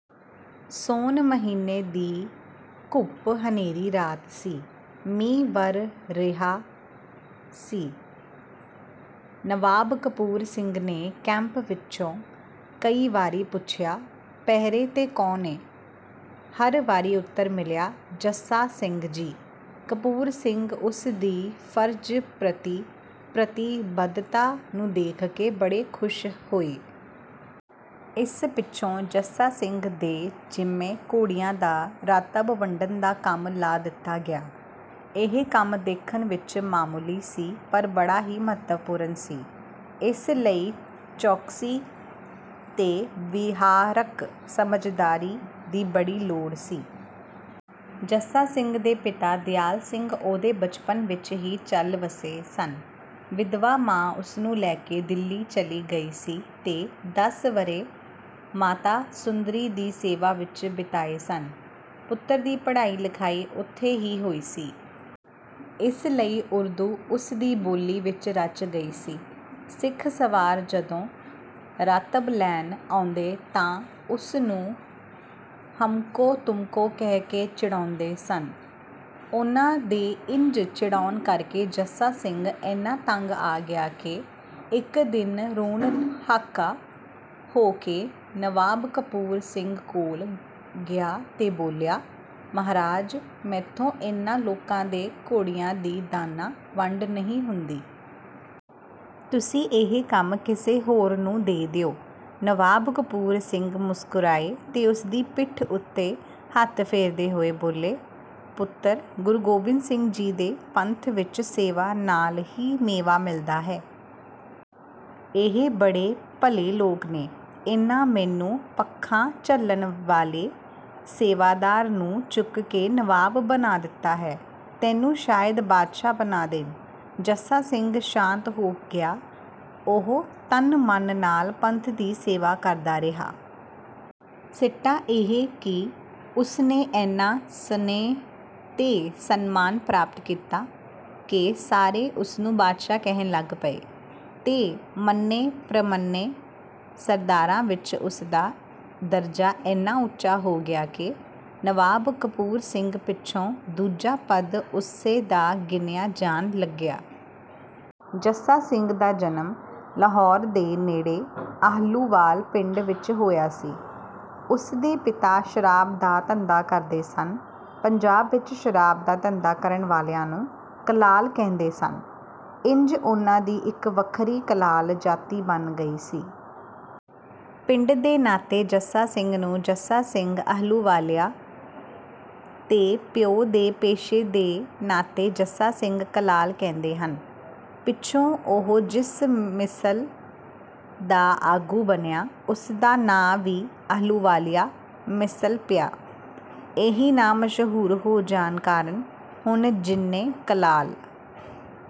ਸੌਣ ਮਹੀਨੇ ਦੀ ਘੁੱਪ ਹਨੇਰੀ ਰਾਤ ਸੀ। ਮੀਂਹ ਵਰ੍ਹ ਰਿਹਾ ਸੀ। ਨਵਾਬ ਕਪੂਰ ਸਿੰਘ ਨੇ ਕੈਂਪ ਵਿੱਚੋਂ ਕਈ ਵਾਰੀ ਪੁੱਛਿਆ, "ਪਹਿਰੇ 'ਤੇ ਕੌਣ ਏ?" ਹਰ ਵਾਰੀ ਉਤਰ ਮਿਲਿਆ, "ਜੱਸਾ ਸਿੰਘ ਜੀ।" ਕਪੂਰ ਸਿੰਘ ਉਸ ਦੀ ਫਰਜ਼ ਪ੍ਰਤੀ ਪ੍ਰਤੀਬੱਧਤਾ ਨੂੰ ਦੇਖ ਕੇ ਬੜੇ ਖੁਸ਼ ਹੋਏ। ਇਸ ਪਿੱਛੋਂ ਜੱਸਾ ਸਿੰਘ ਦੇ ਜ਼ਿੰਮੇਂ ਘੋੜਿਆਂ ਦਾ ਰਾਤਬ ਵੰਡਣ ਦਾ ਕੰਮ ਲਾ ਦਿੱਤਾ ਗਿਆ। ਇਹ ਕੰਮ ਦੇਖਣ ਵਿੱਚ ਮਾਮੂਲੀ ਸੀ ਪਰ ਬੜਾ ਹੀ ਮਹੱਤਵਪੂਰਨ ਸੀ। ਇਸ ਲਈ ਚੌਕਸੀ ਤੇ ਵਿਹਾਰਕ ਸਮਝਦਾਰੀ ਦੀ ਬੜੀ ਲੋੜ ਸੀ। ਜੱਸਾ ਸਿੰਘ ਦੇ ਪਿਤਾ ਦਿਆਲ ਸਿੰਘ ਉਹਦੇ ਬਚਪਨ ਵਿੱਚ ਹੀ ਚੱਲ ਵੱਸੇ ਸਨ। ਵਿਧਵਾ ਮਾਂ ਉਸਨੂੰ ਲੈ ਕੇ ਦਿੱਲੀ ਚਲੀ ਗਈ ਸੀ ਤੇ ਦਸ ਵਰ੍ਹੇ ਮਾਤਾ ਸੁੰਦਰੀ ਦੀ ਸੇਵਾ ਵਿੱਚ ਬਿਤਾਏ ਸਨ। ਪੁੱਤਰ ਦੀ ਪੜ੍ਹਾਈ ਲਿਖਾਈ ਉੱਥੇ ਹੀ ਹੋਈ ਸੀ। ਇਸ ਲਈ ਉਰਦੂ ਉਸ ਦੀ ਬੋਲੀ ਵਿੱਚ ਰਚ ਗਈ ਸੀ। ਸਿੱਖ ਸਵਾਰ ਜਦੋਂ ਰਾਤਬ ਲੈਣ ਆਉਂਦੇ ਤਾਂ ਉਸ ਨੂੰ 'ਹਮਕੋ-ਤੁਮਕੋ' ਕਹਿ ਕੇ ਚਿੜਾਉਂਦੇ ਸਨ। ਉਹਨਾਂ ਦੇ ਇੰਜ ਚਿੜਾਉਣ ਕਰਕੇ ਜੱਸਾ ਸਿੰਘ ਏਨਾ ਤੰਗ ਆ ਗਿਆ ਕਿ ਇੱਕ ਦਿਨ ਰੋਣ ਹਾਕਾ ਹੋ ਕੇ ਨਵਾਬ ਕਪੂਰ ਸਿੰਘ ਕੋਲ ਗਿਆ ਤੇ ਬੋਲਿਆ, "ਮਹਾਰਾਜ ਮੈਥੋਂ ਇਹਨਾਂ ਲੋਕਾਂ ਦੇ ਘੋੜਿਆਂ ਦੀ ਦਾਨਾ ਵੰਡ ਨਹੀਂ ਹੁੰਦੀ। ਤੁਸੀਂ ਇਹ ਕੰਮ ਕਿਸੇ ਹੋਰ ਨੂੰ ਦੇ ਦਿਓ।" ਨਵਾਬ ਕਪੂਰ ਸਿੰਘ ਮੁਸਕਰਾਏ ਤੇ ਉਸਦੀ ਪਿੱਠ ਉੱਤੇ ਹੱਥ ਫੇਰਦੇ ਹੋਏ ਬੋਲੇ, "ਪੁੱਤਰ ਗੁਰੂ ਗੋਬਿੰਦ ਸਿੰਘ ਜੀ ਦੇ ਪੰਥ ਵਿੱਚ ਸੇਵਾ ਨਾਲ ਹੀ ਮੇਵਾ ਮਿਲਦਾ ਹੈ। ਇਹ ਬੜੇ ਭਲੇ ਲੋਕ ਨੇ। ਇਹਨਾਂ ਮੈਨੂੰ ਪੱਖਾਂ ਝੱਲਣ ਵਾਲੇ ਸੇਵਾਦਾਰ ਨੂੰ ਚੁੱਕ ਕੇ ਨਵਾਬ ਬਣਾ ਦਿੱਤਾ ਹੈ, ਤੈਨੂੰ ਸ਼ਾਇਦ ਬਾਦਸ਼ਾਹ ਬਣਾ ਦੇਣ।" ਜੱਸਾ ਸਿੰਘ ਸ਼ਾਂਤ ਹੋ ਗਿਆ। ਉਹ ਤਨ-ਮਨ ਨਾਲ ਪੰਥ ਦੀ ਸੇਵਾ ਕਰਦਾ ਰਿਹਾ। ਸਿੱਟਾ ਇਹ ਕਿ ਉਸਨੇ ਏਨਾ ਸਨੇਹ ਤੇ ਸਨਮਾਨ ਪ੍ਰਾਪਤ ਕੀਤਾ ਕਿ ਸਾਰੇ ਉਸਨੂੰ 'ਬਾਦਸ਼ਾਹ' ਕਹਿਣ ਲੱਗ ਪਏ ਤੇ ਮੰਨੇ-ਪ੍ਰਮੰਨੇ ਸਰਦਾਰਾਂ ਵਿੱਚ ਉਸਦਾ ਦਰਜਾ ਏਨਾ ਉੱਚਾ ਹੋ ਗਿਆ ਕਿ ਨਵਾਬ ਕਪੂਰ ਸਿੰਘ ਪਿੱਛੋਂ ਦੂਜਾ ਪਦ ਉਸੇ ਦਾ ਗਿਣਿਆਂ ਜਾਣ ਲੱਗਿਆ। ਜੱਸਾ ਸਿੰਘ ਦਾ ਜਨਮ ਲਾਹੌਰ ਦੇ ਨੇੜੇ ਆਹਲੂਵਾਲ ਪਿੰਡ ਵਿੱਚ ਹੋਇਆ ਸੀ। ਉਸਦੇ ਪਿਤਾ ਸ਼ਰਾਬ ਦਾ ਧੰਦਾ ਕਰਦੇ ਸਨ। ਪੰਜਾਬ ਵਿੱਚ ਸ਼ਰਾਬ ਦਾ ਧੰਦਾ ਕਰਨ ਵਾਲਿਆਂ ਨੂੰ 'ਕਲਾਲ' ਕਹਿੰਦੇ ਸਨ। ਇੰਜ ਉਹਨਾਂ ਦੀ ਇੱਕ ਵੱਖਰੀ ਕਲਾਲ ਜਾਤੀ ਬਣ ਗਈ ਸੀ। ਪਿੰਡ ਦੇ ਨਾਤੇ ਜੱਸਾ ਸਿੰਘ ਨੂੰ 'ਜੱਸਾ ਸਿੰਘ ਆਹਲੂਵਾਲੀਆ' ਤੇ ਪਿਓ ਦੇ ਪੇਸ਼ੇ ਦੇ ਨਾਤੇ 'ਜੱਸਾ ਸਿੰਘ ਕਲਾਲ' ਕਹਿੰਦੇ ਹਨ। ਪਿੱਛੋਂ ਉਹ ਜਿਸ ਮਿਸਲ ਦਾ ਆਗੂ ਬਣਿਆ, ਉਸਦਾ ਨਾਂ ਵੀ 'ਆਹਲੂਵਾਲੀਆ ਮਿਸਲ' ਪਿਆ। ਇਹੀ ਨਾਂ ਮਸ਼ਹੂਰ ਹੋ ਜਾਣ ਕਾਰਨ ਹੁਣ ਜਿੰਨੇ ਕਲਾਲ